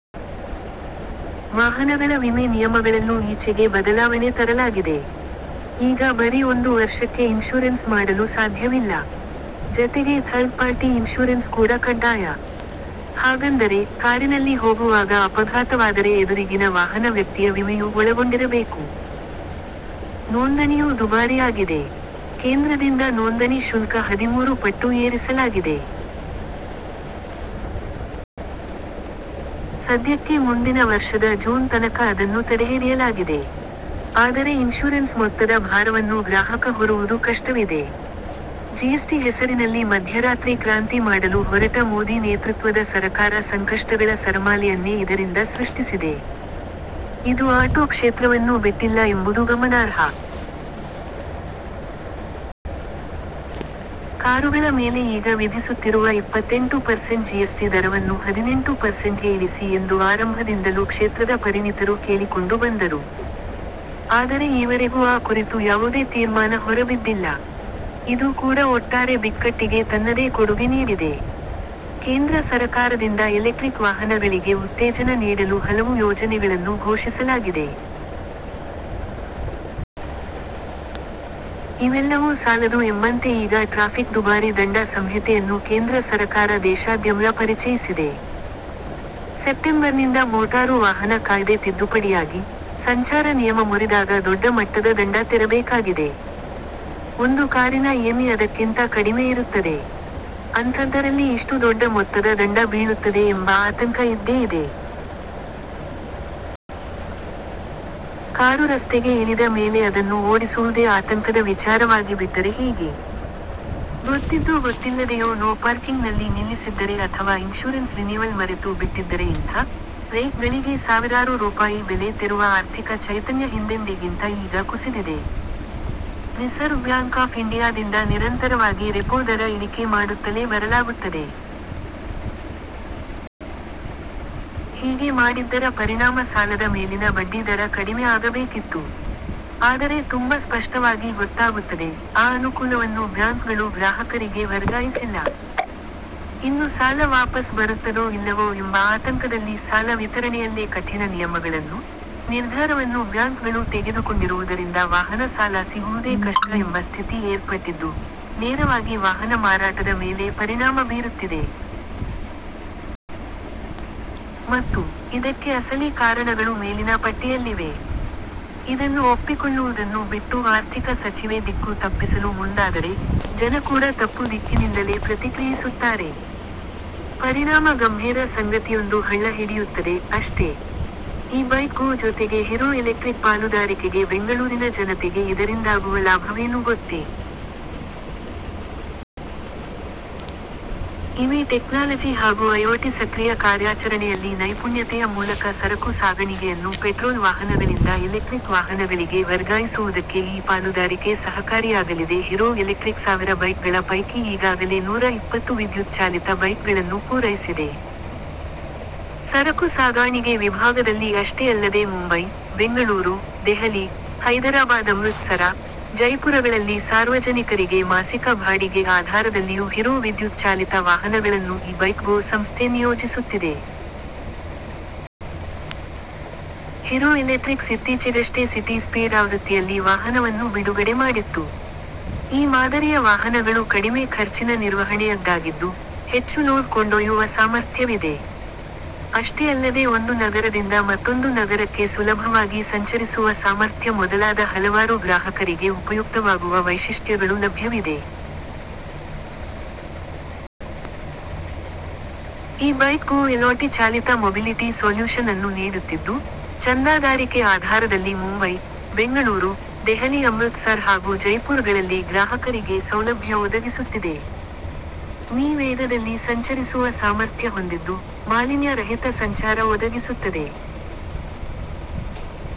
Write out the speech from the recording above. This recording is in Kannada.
ವಾಹನಗಳ ವಿಮೆ ನಿಯಮಗಳಲ್ಲೂ ಈಚೆಗೆ ಬದಲಾವಣೆ ತರಲಾಗಿದೆ. ಈಗ ಬರೀ ಒಂದು ವರ್ಷಕ್ಕೆ ಇನ್ಷೂರೆನ್ಸ್ ಮಾಡಲು ಸಾಧ್ಯವಿಲ್ಲ. ಜತೆಗೆ ಥರ್ಡ್ ಪಾರ್ಟಿ ಇನ್ಷೂರೆನ್ಸ್ ಕೂಡ ಕಡ್ಡಾಯ. ಹಾಗಂದರೆ, ಕಾರಿನಲ್ಲಿ ಹೋಗುವಾಗ ಅಪಘಾತವಾದರೆ ಎದುರಿಗಿನ ವಾಹನ ವ್ಯಕ್ತಿಯ ವಿಮೆಯೂ ಒಳಗೊಂಡಿರಬೇಕು. ನೋಂದಣಿಯೂ ದುಬಾರಿ ಆಗಿದೆ. ಕೇಂದ್ರದಿಂದ ನೋಂದಣಿ ಶುಲ್ಕ ಹದಿಮೂರು ಪಟ್ಟು ಏರಿಸಲಾಗಿದೆ. ಸದ್ಯಕ್ಕೆ ಮುಂದಿನ ವರ್ಷದ ಜೂನ್ ತನಕ ಅದನ್ನು ತಡೆಹಿಡಿಯಲಾಗಿದೆ. ಆದರೆ ಇನ್ಷೂರೆನ್ಸ್ ಮೊತ್ತದ ಭಾರವನ್ನು ಗ್ರಾಹಕ ಹೊರುವುದು ಕಷ್ಟವಿದೆ. ಜಿಎಸ್ಟಿ ಹೆಸರಿನಲ್ಲಿ ಮಧ್ಯರಾತ್ರಿ ಕ್ರಾಂತಿ ಮಾಡಲು ಹೊರಟ ಮೋದಿ ನೇತೃತ್ವದ ಸರಕಾರ ಸಂಕಷ್ಟಗಳ ಸರಮಾಲೆಯನ್ನೇ ಇದರಿಂದ ಸೃಷ್ಟಿಸಿದೆ. ಇದು ಆಟೋ ಕ್ಷೇತ್ರವನ್ನೂ ಬಿಟ್ಟಿಲ್ಲ ಎಂಬುದು ಗಮನಾರ್ಹ. ಕಾರುಗಳ ಮೇಲೆ ಈಗ ವಿಧಿಸುತ್ತಿರುವ ಇಪ್ಪತ್ತೆಂಟು ಪರ್ಸೆಂಟ್ ಜಿಎಸ್ ಟಿ ದರವನ್ನು ಹದಿನೆಂಟು ಪರ್ಸೆಂಟ್ಗೆ ಇಳಿಸಿ ಎಂದು ಆರಂಭದಿಂದಲೂ ಕ್ಷೇತ್ರದ ಪರಿಣಿತರು ಕೇಳಿಕೊಂಡು ಬಂದರು. ಆದರೆ ಈವರೆಗೂ ಆ ಕುರಿತು ಯಾವುದೇ ತೀರ್ಮಾನ ಹೊರಬಿದ್ದಿಲ್ಲ. ಇದು ಕೂಡ ಒಟ್ಟಾರೆ ಬಿಕ್ಕಟ್ಟಿಗೆ ತನ್ನದೇ ಕೊಡುಗೆ ನೀಡಿದೆ. ಕೇಂದ್ರ ಸರಕಾರದಿಂದ ಎಲೆಕ್ಟ್ರಿಕ್ ವಾಹನಗಳಿಗೆ ಉತ್ತೇಜನ ನೀಡಲು ಹಲವು ಯೋಜನೆಗಳನ್ನು ಘೋಷಿಸಲಾಗಿದೆ. ಇವೆಲ್ಲವೂ ಸಾಲದು ಎಂಬಂತೆ ಈಗ ಟ್ರಾಫಿಕ್ ದುಬಾರಿ ದಂಡ ಸಂಹಿತೆಯನ್ನು ಕೇಂದ್ರ ಸರಕಾರ ದೇಶಾದ್ಯಂರ ಪರಿಚಯಿಸಿದೆ. ಸೆಪ್ಟೆಂಬರ್ನಿಂದ ಮೋಟಾರು ವಾಹನ ಕಾಯ್ದೆ ತಿದ್ದುಪಡಿಯಾಗಿ, ಸಂಚಾರ ನಿಯಮ ಮುರಿದಾಗ ದೊಡ್ಡ ಮಟ್ಟದ ದಂಡ ತೆರಬೇಕಾಗಿದೆ. ಒಂದು ಕಾರಿನ ಇಎಂಐ ಅದಕ್ಕಿಂತ ಕಡಿಮೆ ಇರುತ್ತದೆ. ಅಂಥದ್ದರಲ್ಲಿ ಇಷ್ಟು ದೊಡ್ಡ ಮೊತ್ತದ ದಂಡ ಬೀಳುತ್ತದೆ ಎಂಬ ಆತಂಕ ಇದ್ದೇ ಇದೆ. ಕಾರು ರಸ್ತೆಗೆ ಇಳಿದ ಮೇಲೆ ಅದನ್ನು ಓಡಿಸುವುದೇ ಆತಂಕದ ವಿಚಾರವಾಗಿಬಿಟ್ಟರೆ ಹೇಗೆ? ಗೊತ್ತಿದ್ದೋ ಗೊತ್ತಿಲ್ಲದೆಯೋ ನೋ ಪಾರ್ಕಿಂಗ್ ನಲ್ಲಿ ನಿಲ್ಲಿಸಿದ್ದರೆ ಅಥವಾ ಇನ್ಷೂರೆನ್ಸ್ ರಿನೀವಲ್ ಮರೆತು ಬಿಟ್ಟಿದ್ದರೆ ಇಂಥ 'ರೆ'ಗಳಿಗೆ ಸಾವಿರಾರು ರೂಪಾಯಿ ಬೆಲೆ ತೆರುವ ಆರ್ಥಿಕ ಚೈತನ್ಯ ಹಿಂದೆಂದಿಗಿಂತ ಈಗ ಕುಸಿದಿದೆ. ರಿಸರ್ವ್ ಬ್ಯಾಂಕ್ ಆಫ್ ಇಂಡಿಯಾದಿಂದ ನಿರಂತರವಾಗಿ ರೆಪೋ ದರ ಇಳಿಕೆ ಮಾಡುತ್ತಲೇ ಬರಲಾಗುತ್ತದೆ. ಹೀಗೆ ಮಾಡಿದ್ದರ ಪರಿಣಾಮ ಸಾಲದ ಮೇಲಿನ ಬಡ್ಡಿ ದರ ಕಡಿಮೆ ಆಗಬೇಕಿತ್ತು. ಆದರೆ ತುಂಬ ಸ್ಪಷ್ಟವಾಗಿ ಗೊತ್ತಾಗುತ್ತದೆ, ಆ ಅನುಕೂಲವನ್ನು ಬ್ಯಾಂಕ್ ಗಳು ಗ್ರಾಹಕರಿಗೆ ವರ್ಗಾಯಿಸಿಲ್ಲ. ಇನ್ನು ಸಾಲ ವಾಪಸ್ ಬರುತ್ತದೋ ಇಲ್ಲವೋ ಎಂಬ ಆತಂಕದಲ್ಲಿ ಸಾಲ ವಿತರಣೆಯಲ್ಲೇ ಕಠಿಣ ನಿಯಮಗಳನ್ನು, ನಿರ್ಧಾರವನ್ನು ಬ್ಯಾಂಕ್ ಗಳು ತೆಗೆದುಕೊಂಡಿರುವುದರಿಂದ ವಾಹನ ಸಾಲ ಸಿಗುವುದೇ ಕಷ್ಟ ಎಂಬ ಸ್ಥಿತಿ ಏರ್ಪಟ್ಟಿದ್ದು, ನೇರವಾಗಿ ವಾಹನ ಮಾರಾಟದ ಮೇಲೆ ಪರಿಣಾಮ ಬೀರುತ್ತಿದೆ. ಮತ್ತು, ಇದಕ್ಕೆ ಅಸಲಿ ಕಾರಣಗಳು ಮೇಲಿನ ಪಟ್ಟಿಯಲ್ಲಿವೆ. ಇದನ್ನು ಒಪ್ಪಿಕೊಳ್ಳುವುದನ್ನು ಬಿಟ್ಟು ಆರ್ಥಿಕ ಸಚಿವೆ ದಿಕ್ಕು ತಪ್ಪಿಸಲು ಮುಂದಾದರೆ, ಜನ ಕೂಡ ತಪ್ಪು ದಿಕ್ಕಿನಿಂದಲೇ ಪ್ರತಿಕ್ರಿಯಿಸುತ್ತಾರೆ. ಪರಿಣಾಮ ಗಂಭೀರ ಸಂಗತಿಯೊಂದು ಹಳ್ಳ ಹಿಡಿಯುತ್ತದೆ, ಅಷ್ಟೆ. ಇ-ಬೈಕ್-ಗೋ ಜೊತೆಗೆ ಹಿರೋ ಎಲೆಕ್ಟ್ರಿಕ್ ಪಾಲುದಾರಿಕೆಗೆ ಬೆಂಗಳೂರಿನ ಜನತೆಗೆ ಇದರಿಂದಾಗುವ ಲಾಭವೇನು ಗೊತ್ತೇ? ಇವಿ ಟೆಕ್ನಾಲಜಿ ಹಾಗೂ ಐಒಟಿ ಸಕ್ರಿಯ ಕಾರ್ಯಾಚರಣೆಯಲ್ಲಿ ನೈಪುಣ್ಯತೆಯ ಮೂಲಕ ಸರಕು ಸಾಗಣಿಗೆಯನ್ನು ಪೆಟ್ರೋಲ್ ವಾಹನಗಳಿಂದ ಎಲೆಕ್ಟ್ರಿಕ್ ವಾಹನಗಳಿಗೆ ವರ್ಗಾಯಿಸುವುದಕ್ಕೆ ಈ ಪಾಲುದಾರಿಕೆ ಸಹಕಾರಿಯಾಗಲಿದೆ ಹಿರೋ ಎಲೆಕ್ಟ್ರಿಕ್ ಸಾವಿರ ಬೈಕ್ ಗಳ ಪೈಕಿ ಈಗಾಗಲೇ ನೂರ ಇಪ್ಪತ್ತು ವಿದ್ಯುತ್ ಚಾಲಿತ ಬೈಕ್ ಗಳನ್ನು ಪೂರೈಸಿದೆ. ಸರಕು ಸಾಗಾಣಿಗೆ ವಿಭಾಗದಲ್ಲಿ ಅಷ್ಟೇ ಅಲ್ಲದೇ ಮುಂಬೈ, ಬೆಂಗಳೂರು, ದೆಹಲಿ, ಹೈದರಾಬಾದ್ ಅಮೃತ್ ಸರ, ಜೈಪುರಗಳಲ್ಲಿ ಸಾರ್ವಜನಿಕರಿಗೆ ಮಾಸಿಕ ಬಾಡಿಗೆ ಆಧಾರದಲ್ಲಿಯೂ ಹಿರೋ ವಿದ್ಯುತ್ ಚಾಲಿತ ವಾಹನಗಳನ್ನು ಇ ಬೈಕ್ ಗೋ ಸಂಸ್ಥೆ ನಿಯೋಜಿಸುತ್ತಿದೆ. ಹಿರೋ ಎಲೆಟ್ರಿಕ್ಸ್ ಇತ್ತೀಚೆಗಷ್ಟೇ ಸಿಟಿ ಸ್ಪೀಡ್ ಆವೃತ್ತಿಯಲ್ಲಿ ವಾಹನವನ್ನು ಬಿಡುಗಡೆ ಮಾಡಿತ್ತು. ಈ ಮಾದರಿಯ ವಾಹನಗಳು ಕಡಿಮೆ ಖರ್ಚಿನ ನಿರ್ವಹಣೆಯದ್ದಾಗಿದ್ದು, ಹೆಚ್ಚು ಲೋಡ್ ಕೊಂಡೊಯ್ಯುವ ಸಾಮರ್ಥ್ಯವಿದೆ. ಅಷ್ಟೇ ಅಲ್ಲದೇ ಒಂದು ನಗರದಿಂದ ಮತ್ತೊಂದು ನಗರಕ್ಕೆ ಸುಲಭವಾಗಿ ಸಂಚರಿಸುವ ಸಾಮರ್ಥ್ಯ ಮೊದಲಾದ ಹಲವಾರು ಗ್ರಾಹಕರಿಗೆ ಉಪಯುಕ್ತವಾಗುವ ವೈಶಿಷ್ಟ್ಯಗಳು ಲಭ್ಯವಿದೆ. ಇ ಬೈಕ್ ಗೋ ಎಲ್ಒಟಿ ಚಾಲಿತ ಮೊಬಿಲಿಟಿ ಸೊಲ್ಯೂಷನ್ ನ್ನು ನೀಡುತ್ತಿದ್ದು, ಚಂದಾದಾರಿಕೆ ಆಧಾರದಲ್ಲಿ ಮುಂಬೈ, ಬೆಂಗಳೂರು, ದೆಹಲಿ ಅಮೃತ್ ಸರ್ ಹಾಗೂ ಜೈಪುರ್ ಗಳಲ್ಲಿ ಗ್ರಾಹಕರಿಗೆ ಸೌಲಭ್ಯ ಒದಗಿಸುತ್ತಿದೆ. ಮೀ ವೇಗದಲ್ಲಿ ಸಂಚರಿಸುವ ಸಾಮರ್ಥ್ಯ ಹೊಂದಿದ್ದು, ಮಾಲಿನ್ಯ ರಹಿತ ಸಂಚಾರ ಒದಗಿಸುತ್ತದೆ.